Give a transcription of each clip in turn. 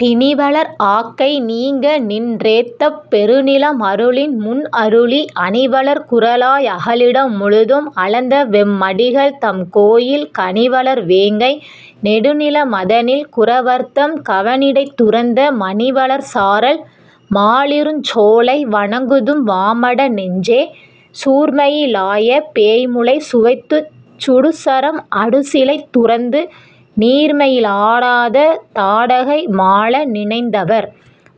பிணிவளர் ஆக்கை நீங்க நின் றேத்தப் பெருநிலம் அருளின்முன் அருளி அணிவளர் குறளாய் அகலிடம் முழுதும் அளந்தவெம் மடிகள்தம் கோயில் கணிவளர் வேங்கை நெடுநில மதனில் குறவர்தம் கவணிடைத் துரந்த மணிவளர் சாரல் மாலிருஞ்சோலை வணங்குதும் வாமட நெஞ்சே.. சூர்மயி லாய பேய்முலை சுவைத்துச் சுடுசரம் அடுசிலைத் துரந்து நீர்மையி லாத தாடகை மாள நினைந்தவர்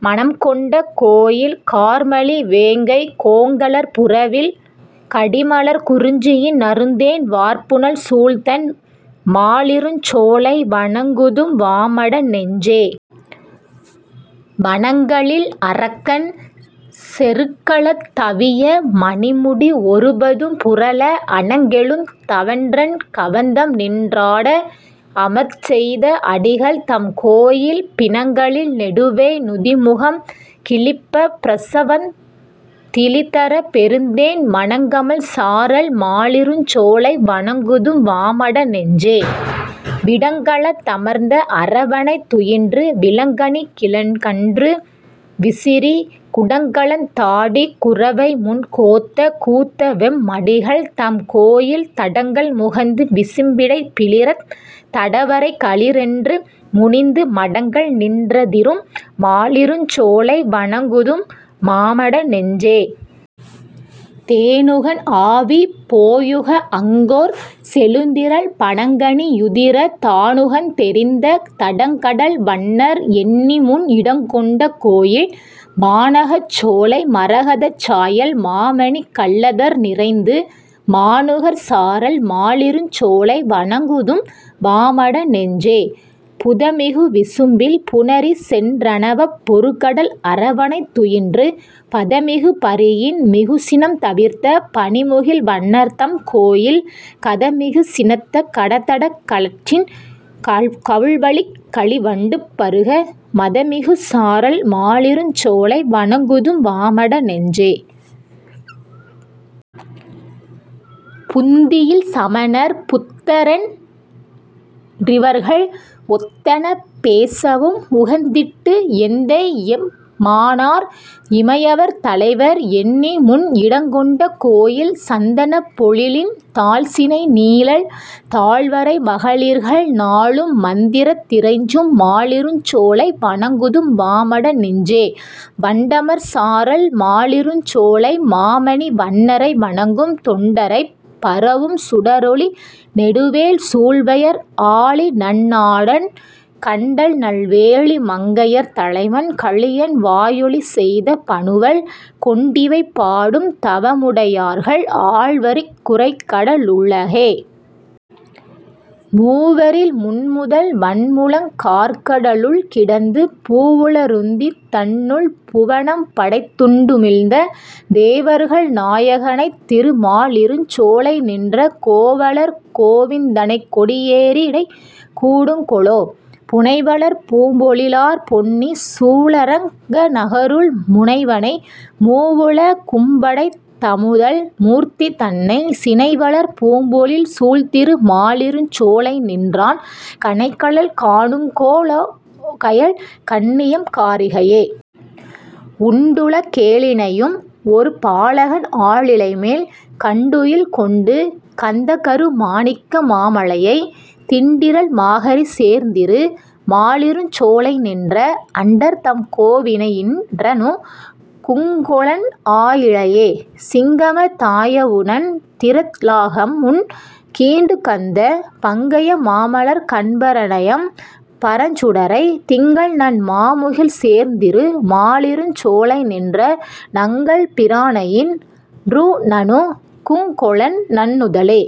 மனம்கொண்ட கோயில் கார்மலி வேங்கை கோங்கலர் புறவில் கடிமலர் குறிஞ்சியின் நறுந்தேன் வார்புனல் சூழ்தண் மாலிருஞ் சோலை வணங்குதும் வாமட நெஞ்சே.. வணங்கலில் அரக்கன் செருக்களத் தவிய மணிமுடி ஒருபதும் புரள அணங்கெழுந் தவன்றன் கவந்தம்நின் றாட அமர்ச்செய்த அடிகள்தம் கோயில் பிணங்கலில் நெடுவேய் நுதிமுகம் கிழிப்பப் பிரசம்வந் திழிதர பெருந்தேன் மணங்கமழ் சாரல் மாலிருஞ் சோலை வணங்குதும் வாமட நெஞ்சே.. விடங்கலந் தமர்ந்த அரவணைத் துயின்று விளங்கனிக் கிளங்கன்று விசிறி, குடங்கலந் தாடிக் குரவைமுன் கோத்த கூத்தவெம் மடிகள்தம் கோயில் தடங்கடல் முகந்து விசும்பிடைப் பிளிறத் தடவரைக் களிறென்று முனிந்து மடங்கல்நின் றதிரும் மாலிருஞ் சோலை வணங்குதும் வாமட நெஞ்சே.. தேனுகன் ஆவி போயுக அங்கோர் செழுந்திரள் பனங்கனி யுதிர தானுகந் தெறிந்த தடங்கடல் வண்ணர் எண்ணிமுன் இடங்கொண்ட கோயில், வானகச் சோலை மரகதச் சாயல் மாமணிக் கல்லதர் நிறைந்து, மானுகர் சாரல் மாலிருஞ் சோலை வணங்குதும் வாமட நெஞ்சே.. புதமிகு விசும்பில் புணரிசென் றணவப் பொருகடல் அரவணைத் துயின்று, பதமிகு பரியின் மிகுசினம் தவிர்த்த பனிமுகில் வண்ணர்தம் கோயில், கதமிகு சினத்த கடதடக் களிற்றின் கவுள்வழிக் களிவண்டு பருக, மதமிகு சாரல் மாலிருஞ் சோலை வணங்குதும் வாமட நெஞ்சே.. புந்தியில் சமணர் புத்தரென் றிவர்கள் ஒத்தன பேசவும் உகந்திட்டு, எந்தைபெம் மானார் இமையவர் தலைவர் எண்ணிமுன் இடங்கொண்ட கோயில், சந்தனப் பொழிலின் தாழ்சினை நீழல் தாழ்வரை மகளிர்கள் நாளும், மந்திரத் திறைஞ்சும் மாலிருஞ் சோலை வணங்குதும் வாமட நெஞ்சே.. வண்டமர் சாரல் மாலிருஞ் சோலை மாமணி வண்ணரை வணங்கும், தொண்டரைப் பரவும் சுடரொளி நெடுவேல் சூழ்வயல் ஆலிநன் னாடன் கண்டல்நல் வேலி மங்கையர் தலைவன் கலியன்வா யொலிசெய்த பனுவல், கொண்டிவை பாடும் தவமுடை யார்கள் ஆள்வரிக் குரைகட லுலகே. மூவரில் முன்முதல் வன்முழங் கார்கட லுள்கிடந்து, பூவுல ருந்திதன் னுள்புவ னம்படைத் துண்டுமிழ்ந்த, தேவர்கள் நாயக னைத்திரு மாலிருஞ் சோலைநின்ற, கோவலர் கோவிந் தனைக்கொடி யேரிடை கூடுங்கொலோ.. புனைவளர் பூம்பொழி லார்பொன்னி சூழரங் கநகருள் முனைவனை, மூவுல கும்படைத் தமுதல் மூர்த்திதன்னை, சினைவளர் பூம்பொழில் சூழ்திரு மாலிருஞ் சோலைநின்றான் கனைகழல் காணுங்கொ லோகயல் கண்ணியெம் காரிகையே.. உண்டுல கேழினை யும் ஒரு பாலகன் ஆலிலைமேல், கண்டுயில் கொண்டுகந் தகரு மாணிக்க மாமலையை, திண்டிறல் மாகரி சேர்திரு மாலிருஞ் சோலைநின்ற, அண்டர்தம் கோவினை யின்றணு குங்கொலென் ஆயிழையே.. சிங்கம தாயவு ணன்திற லாகம்முன் கீண்டுகந்த, பங்கய மாமலர்க் கண்பர னையெம் பரஞ்சுடரை, திங்கள்நன் மாமுகில் சேர்திரு மாலிருஞ் சோலைநின்ற, நங்கள்பி ரானையின் றுநணு குங்கொலென் நன்னுதலே.